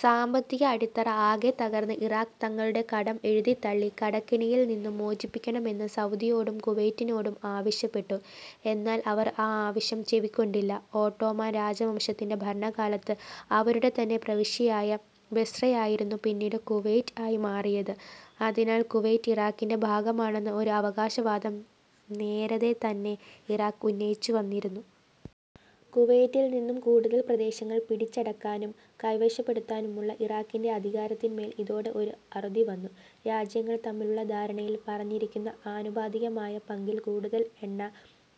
സാമ്പത്തിക അടിത്തറ ആകെ തകർന്ന ഇറാഖ് തങ്ങളുടെ കടം എഴുതിത്തള്ളി കടക്കെണിയിൽ നിന്നും മോചിപ്പിക്കണം എന്ന് സൗദിയോടും കുവൈറ്റിനോടും ആവശ്യപ്പെട്ടു. എന്നാൽ അവർ ആ ആവശ്യം ചെവിക്കൊണ്ടില്ല. ഒട്ടോമാൻ രാജവംശത്തിന്റെ ഭരണകാലത്ത് അവരുടെതന്നെ പ്രവിശ്യയായ ബസ്രയായിരുന്നു പിന്നീട് കുവൈറ്റ് ആയി മാറിയത്. അതിനാൽ കുവൈറ്റ് ഇറാഖിന്റെ ഭാഗമാണെന്ന ഒരു അവകാശംവാദം നേരതെതന്നെ ഇറാഖ് ഉന്നയിച്ചുവന്നിരുന്നു. കുവൈറ്റിൽനിന്നും കൂടുതൽ പ്രദേശങ്ങൾ പിടിച്ചടക്കാനും കൈവശപ്പെടുത്താനുമുള്ള ഇറാഖിന്റെ അധികാരത്തിന്മേൽ ഇതോടെ ഒരു അറുതിവന്നു. രാജ്യങ്ങൾ തമ്മിലുള്ള ധാരണയിൽ പറഞ്ഞിരിക്കുന്ന ആനുപാതികമായ പങ്കിൽ കൂടുതൽ എണ്ണ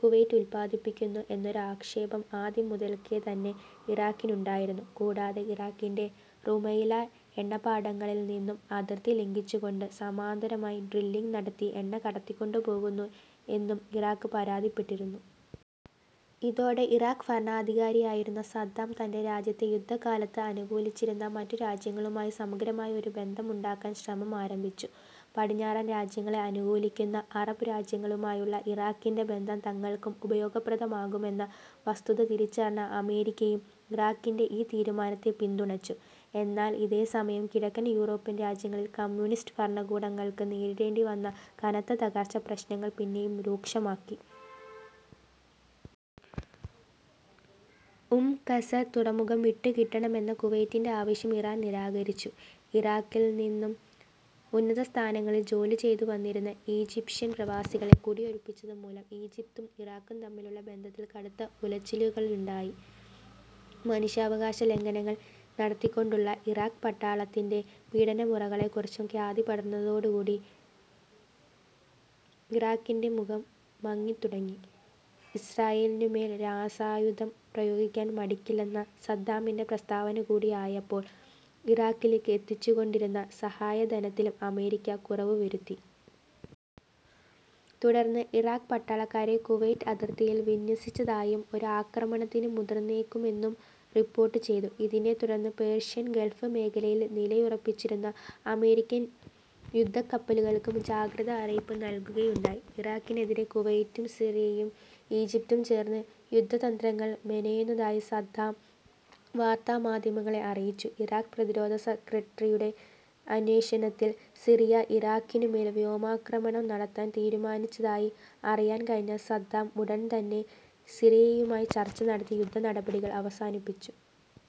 കുവൈറ്റ് ഉൽപ്പാദിപ്പിക്കുന്നു എന്നൊരു ആക്ഷേപം ആദ്യം മുതൽക്കേതന്നെ ഇറാഖിനുണ്ടായിരുന്നു. കൂടാതെ, ഇറാഖിന്റെ റുമൈല എണ്ണപ്പാടങ്ങളിൽനിന്നും അതിർത്തി ലംഘിച്ചുകൊണ്ട് സമാന്തരമായി ഡ്രില്ലിംഗ് നടത്തി എണ്ണ കടത്തിക്കൊണ്ടുപോകുന്നു എന്നും ഇറാഖ് പരാതിപ്പെട്ടിരുന്നു. ഇതോടെ ഇറാഖ് ഭരണാധികാരിയായിരുന്ന സദ്ദാം തൻറെ രാജ്യത്തെ യുദ്ധകാലത്ത് അനുകൂലിച്ചിരുന്ന മറ്റു രാജ്യങ്ങളുമായി സമഗ്രമായി ഒരു ബന്ധമുണ്ടാക്കാൻ ശ്രമം ആരംഭിച്ചു. പടിഞ്ഞാറൻ രാജ്യങ്ങളെ അനുകൂലിക്കുന്ന അറബ് രാജ്യങ്ങളുമായുള്ള ഇറാഖിന്റെ ബന്ധം തങ്ങൾക്കും ഉപയോഗപ്രദമാകും എന്ന വസ്തുത തിരിച്ചറിഞ്ഞ അമേരിക്കയും ഇറാഖിന്റെ ഈ തീരുമാനത്തെ പിന്തുണച്ചു. എന്നാൽ ഇതേ സമയം കിഴക്കൻ യൂറോപ്യൻ രാജ്യങ്ങളിൽ കമ്മ്യൂണിസ്റ്റ് ഭരണകൂടങ്ങൾക്ക് നേരിടേണ്ടിവന്ന കനത്ത തകർച്ച പ്രശ്നങ്ങൾ പിന്നെയും രൂക്ഷമാക്കി. ഉം-ഖസർ തുറമുഖം വിട്ടുകിട്ടണം എന്ന കുവൈറ്റിന്റെ ആവശ്യം ഇറാൻ നിരാകരിച്ചു. ഇറാഖിൽ നിന്നും ഉന്നതസ്ഥാനങ്ങളിൽ ജോലിചെയ്തുവന്നിരുന്ന ഈജിപ്ഷ്യൻ പ്രവാസികളെ കുടിയൊഴിപ്പിച്ചതുമൂലം ഈജിപ്തും ഇറാഖും തമ്മിലുള്ള ബന്ധത്തിൽ കടുത്ത ഉലച്ചിലുകളു ണ്ടായി. മനുഷ്യാവകാശലംഘനങ്ങൾ നടത്തിക്കൊണ്ടുള്ള ഇറാഖ് പട്ടാളത്തിന്റെ പീഡനമുറകളെക്കുറിച്ചും ഖ്യാതി പടർന്നതോടുകൂടി ഇറാഖിന്റെ മുഖം മങ്ങിത്തുടങ്ങി. ഇസ്രയേലിനുമേൽ രാസായുധം പ്രയോഗിക്കാൻ മടിക്കില്ലെന്ന സദ്ദാമിന്റെ പ്രസ്താവനകൂടിയായപ്പോൾ ഇറാഖിലേക്ക് എത്തിച്ചുകൊണ്ടിരുന്ന സഹായധനത്തിലും അമേരിക്ക കുറവുവരുത്തി. തുടർന്ന് ഇറാഖ് പട്ടാളക്കാരെ കുവൈറ്റ് അതിർത്തിയിൽ വിന്യസിച്ചതായും, ഒരു ആക്രമണത്തിന് മുതിർന്നേക്കുമെന്നും റിപ്പോർട്ട് ചെയ്തു. ഇതിനെത്തുടർന്ന് പേർഷ്യൻ ഗൾഫ് മേഖലയിൽ നിലയുറപ്പിച്ചിരുന്ന അമേരിക്കൻ യുധക്കപ്പലുകൾക്കും ജാഗ്രത അറിയിപ്പ് നൽകുകയുണ്ടായി. ഇറാഖിനെതിരെ കുവൈറ്റും സിറിയയും ഈജിപ്തും ചേർന്ന് യുദ്ധതന്ത്രങ്ങൾ മെനയുന്നതായി സദ്ദാം വാർത്താമാധ്യമങ്ങളെ അറിയിച്ചു. ഇറാഖ് പ്രധിരോധ സെക്രട്ടറിയുടെ അന്വേഷണത്തിൽ സിറിയ ഇറാഖിനുമേൽ വ്യോമാക്രമണം നടത്താൻ തീരുമാനിച്ചതായി അറിയാൻകഴിഞ്ഞ സദ്ദാം ഉടൻതന്നെ സിറിയയുമായി ചർച്ചനടത്തി യുദ്ധനടപടികൾ അവസാനിപ്പിച്ചു.